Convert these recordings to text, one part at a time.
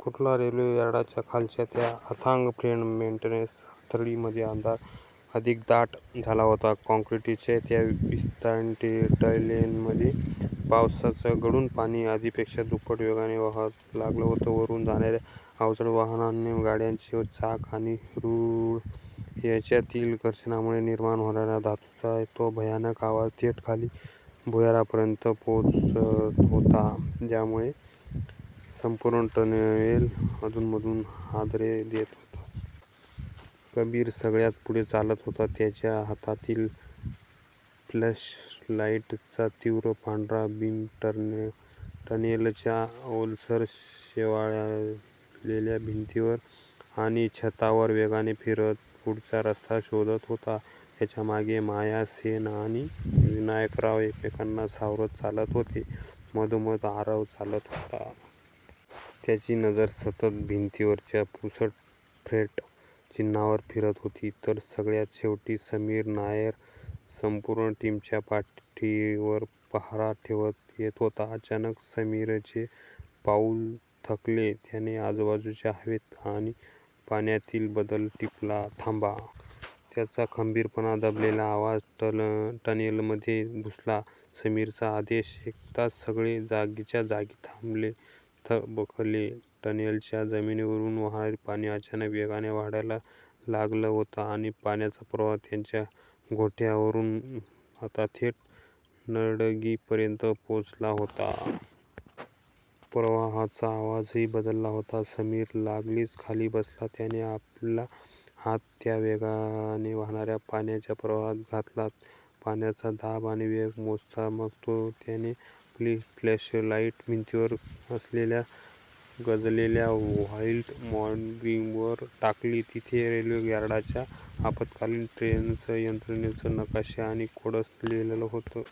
Kurla railway यार्डाच्या खालच्या त्या अथांग 'फ्रेट मेंटेनन्स आर्टरी' मध्ये अंधार अधिकच दाट झाला होता. काँक्रीटच्या त्या विस्तीर्ण टनेलधून पावसाचं गढूळ पाणी आधीपेक्षा दुप्पट वेगाने वाहू लागलं होतं. वरून जाणाऱ्या अवजड मालवाहू गाड्यांचे चाक आणि रूळ यांच्यातील घर्षणामुळे निर्माण होणारा धातूचा तो भयानक आवाज थेट खाली भुयारापर्यंत पोहोचत होता, ज्यामुळे संपूर्ण टनेल अधूनमधून हादरे देत होता. कबीर सगळ्यात पुढे चालत होता. त्याच्या हातातील फ्लॅशलाईटचा तीव्र पांढरा बीम टनेलच्या ओलसर, शेवाळलेल्या भिंतींवर आणि छतावर वेगाने फिरत पुढचा रस्ता शोधत होता. त्याच्या मागे माया सेन आणि विनायकराव एकमेकांना सावरत चालत होते, मधोमध आरव चालत होता. त्याची नजर सतत भिंतींवरच्या पुसट फ्रेट चिन्हांवर फिरत होती, तर सगळ्यात शेवटी समीर नायर संपूर्ण टीमच्या पाठीवर पहारा ठेवत येत होता. अचानक समीरचे पाऊल थबकले. त्याने आजूबाजूच्या हवेतील आणि पाण्यातील बदल टिपला. "थांबा." त्याचा खंबीर पण दबलेला आवाज टनेलमध्ये घुमला. समीरचा आदेश ऐकताच सगळे जागच्या जागी थबकले. टनेलच्या जमिनीवरून वाहणारं पाणी अचानक वेगाने वाढायला लागलं होतं आणि पाण्याचा प्रवाह त्यांच्या घोट्यावरून आता थेट नडगीपर्यंत पोहोचला होता. प्रवाहाचा आवाजही बदलला होता. समीर लागलीच खाली बसला. त्याने आपला हात त्या वेगाने वाहणाऱ्या पाण्याच्या प्रवाहात घातला, पाण्याचा दाब आणि वेग मोजला. मग त्याने आपली फ्लॅशलाईट भिंतीवर असलेल्या गंजलेल्या व्हाल्व्ह मार्किंग्जवर टाकली. तिथे रेल्वे यार्डाच्या आपत्कालीन ड्रेनेज यंत्रणेचे नकाशे आणि कोड्स लिहिलेले होते.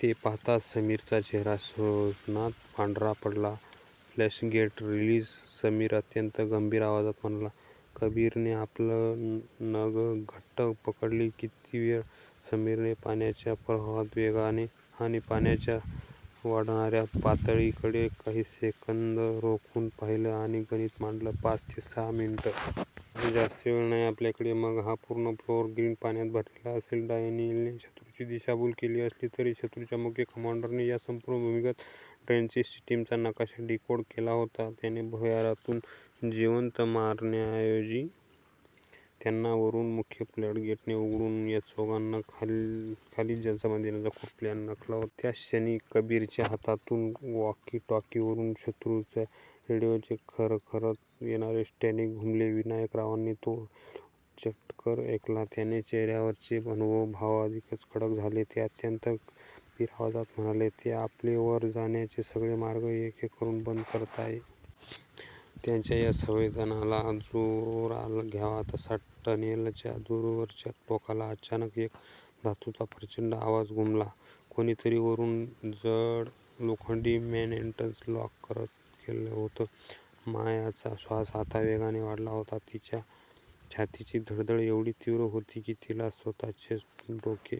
ते पाहताच समीरचा चेहरा क्षणात पांढरा पडला. "फ्लडगेट रिलीज" समीर अत्यंत गंभीर आवाजात म्हणाला. कबीरने आपली गन घट्ट पकडली, "किती वेळ? " समीरने पाण्याच्या प्रवाहाच्या वेगाकडे आणि पाण्याच्या वाढणाऱ्या पातळीकडे काही सेकंद रोखून पाहिलं आणि गणित मांडलं, "पाच ते सात मिनिटं. त्यापेक्षा जास्त वेळ नाही आपल्याकडे. " मग हा पूर्ण लोअर ग्रीड पाण्याने भरायला लागेल. डॅनियलने शत्रूची दिशाभूल केली असली, तरी शत्रूच्या मुख्य कमांडरने या संपूर्ण भूमिगत ड्रेनेज सिस्टीमचा नकाशा डिकोड केला होता. त्यांना भुयारातून जिवंत मारण्याऐवजी, त्यांनी वरून मुख्य फ्लडगेट्स उघडून या चौघांना खालीच जलसमाधी देण्याचा क्रूर प्लॅन आखला होता. त्याच क्षणी, कबीरच्या हातातील वॉकी-टॉकीवरून शत्रूच्या रेडिओचे खरखरत येणारे स्टॅटिक घुमले: विनायकरावांनी तो रेडिओ चॅटर ऐकला. त्यांच्या चेहऱ्यावरचे अनुभवी भाव अधिकच कडक झाले. ते अत्यंत गंभीर आवाजात म्हणाले, "ते आपले वर जाण्याचे सगळे मार्ग एक-एक करून बंद करतायत. " त्यांच्या या संवादाला दुजोरा द्यावा तसा, टनेलच्या दूरवरच्या टोकाला अचानक एक धातूचा प्रचंड आवाज घुमला. कोणीतरी वरून जड लोखंडी मेंटेनन्स लॉक बंद केलं होतं. मायाचा श्वास आता वेगाने वाढला होता. तिच्या छातीची धडधड एवढी तीव्र होती की तिला स्वतःचेच ठोके